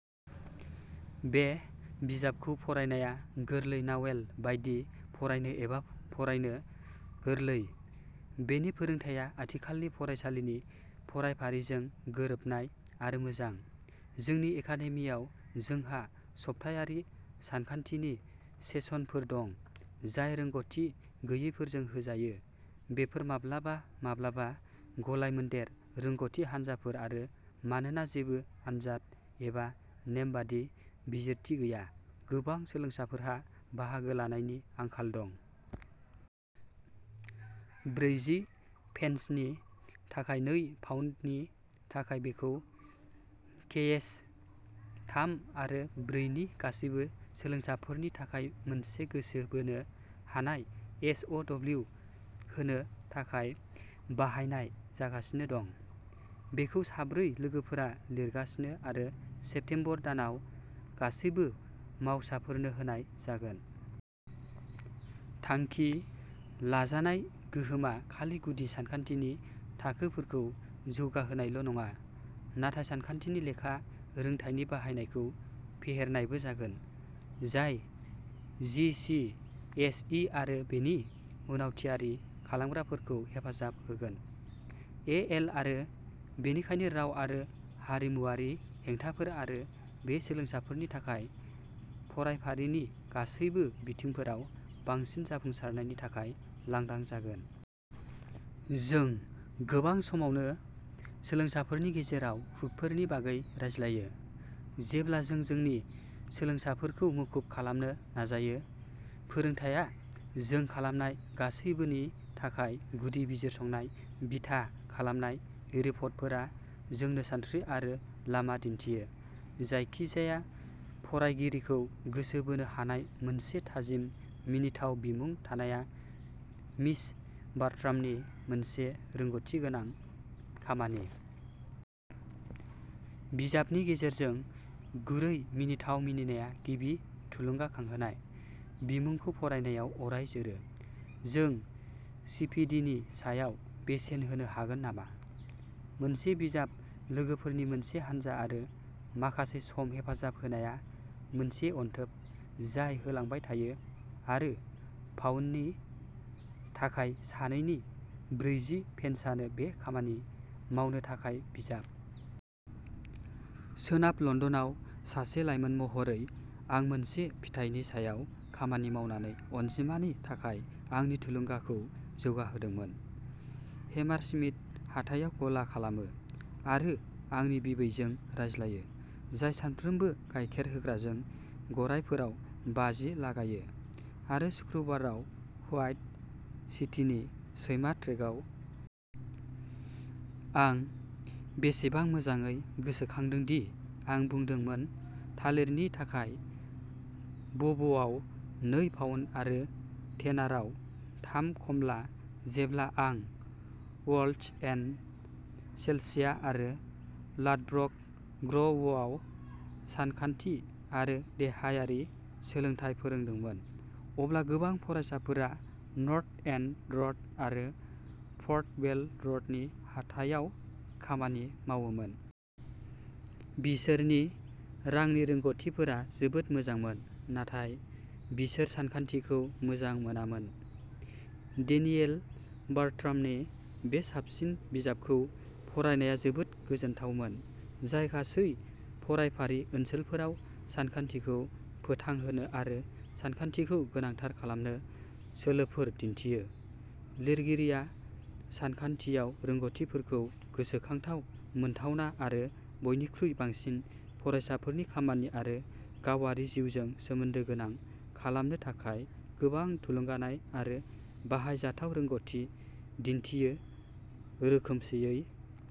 बे बिजाबखौ फरायनाया गोरलै नावेल बायदि फरायनो एबा फरायनो गोरलै। बेनि फोरोंथाया आथिखालनि फरायसालिनि फरायफारिजों गोरोबनाय आरो मोजां। जोंनि एकादेमिआव जोंहा सप्तायारि सानखान्थिनि सेसनफोर दं, जाय रोंग'थि गैयैफोरजों होजायो। बेफोर माब्लाबा-माब्लाबा गलाय-मोनदेर रोंग'थि हानजाफोर आरो मानोना जेबो आनजाद एबा नेमबादि बिजिरथि गैया, गोबां सोलोंसाफोरहा बाहागो लानायनि आंखाल दं। ब्रैजि पेन्सनि थाखाय नै पाउन्दनि थाखाय बेखौ केएस थाम आरो ब्रै नि गासैबो सोलोंसाफोरनि थाखाय मोनसे गोसो बोनो हानाय एसअ'डब्ल्यू होनो थाखाय बाहायनाय जागासिनो दं। बेखौ साब्रै लोगोफोरा लिरगासिनो आरो सेप्तेम्बर दानाव गासैबो मावसाफोरनो होनाय जागोन। थांखि लाजानाय गोहोमा खालि गुदि सानखान्थिनि थाखोफोरखौ जौगाहोनायल' नङा, नाथाय सानखान्थिनि लेखा रोंथायनि बाहायनायखौ फेहेरनायबो जागोन, जाय जि सि एस इ आरो बेनि उनाव थियारि खालामग्राफोरखौ हेफाजाब होगोन। ए एल आरो बेनिखायनो राव आरो हारिमुआरि हेंथाफोर आरो बे सोलोंसाफोरनि थाखाय फरायफारिनि गासैबो बिथिंफोराव बांसिन जाफुंसारनायनि थाखाय लांदां जागोन। जों गोबां समावनो सोलोंसाफोरनि गेजेराव हुकफोरनि बागै रायज्लायो जेब्ला जों जोंनि सोलोंसाफोरखौ मुखुब खालामनो नाजायो फोरोंथाया जों खालामनाय गासैबोनि थाखाय गुदि-बिजिरसंनाय बिथा खालामनाय रिपर्टफोरा जोंनो सानस्रि आरो लामा दिन्थियो। जायखिजाया फरायगिरिखौ गोसो बोनो हानाय मोनसे थाजिम मिनिथाव बिमुं थानाया मिस बार्ट्रामनि मोनसे रोंग'थिगोनां खामानि। बिजाबनि गेजेरजों गुरै मिनिथाव मिनिनाया गिबि थुलुंगाखांहोनाय बिमुंखौ फरायनायाव अराय जोरो। जों सिपिडिनि सायाव बेसेन होनो हागोन नामा? मोनसे बिजाब-लोगोफोरनि मोनसे हानजा आरो माखासे सम हेफाजाब होनाया मोनसे अनथोब जाय होलांबाय थायो आरो पाउन्दनि थाखाय सानैनि ब्रैजि पेन्सानो बे खामानि मावनो थाखाय बिजाब। सोनाब लन्दनआव सासे लाइमोन महरै, आं मोनसे फिथाइनि सायाव खामानि मावनानै अनजिमानि थाखाय आंनि थुलुंगाखौ जौगाहोदोंमोन। हेमारस्मिथ हाथायाव गला खालामो आरो आंनि बिबैजों रायज्लायो, जाय सानफ्रोमबो गायखेर होग्राजों गरायफोराव बाजि लागायो, आरो शुक्रबाराव व्हाइट सिटीनि सैमा ट्रेकआव। आं बेसेबां मोजाङै गोसोखांदों दि आं बुंदोंमोन थालिरनि थाखाय बबआव नै पाउन्द आरो टेनाराव थाम खमला जेब्ला आं वर्ल्ड्स एन्ड चेल्सिया आरो लाडब्रक ग्र'वआव सानखान्थि आरो देहायारि सोलोंथाय फोरोंदोंमोन, अब्ला गोबां फरायसाफोरा नर्थ एन्ड र'ड आरो पर्ट'बेल'र'डनि हाथायाव खामानि मावोमोन। बिसोरनि रांनि रोंग'थिफोरा जोबोद मोजांमोन, नाथाय, बिसोर सानखान्थिखौ मोजां मोनामोन डेनियेल बार्ट्रामनि बे साबसिन बिजाबखौ फरायनाया जोबोद गोजोनथावमोन, जाय गासै फरायफारि ओनसोलफोराव सानखान्थिखौ फोथांहोनो आरो सानखान्थिखौ गोनांथार खालामनो सोलोफोर दिन्थियो। लिरगिरिया सानखान्थियाव रोंग'थिफोरखौ गोसोखांथाव, मोनथावना आरो बयनिख्रुइ बांसिन फरायसाफोरनि खामानि आरो गावारि जिउजों सोमोन्दो गोनां खालामनो थाखाय गोबां थुलुंगानाय आरो बाहायजाथाव रोंग'थि दिन्थियो रोखोमसेयै।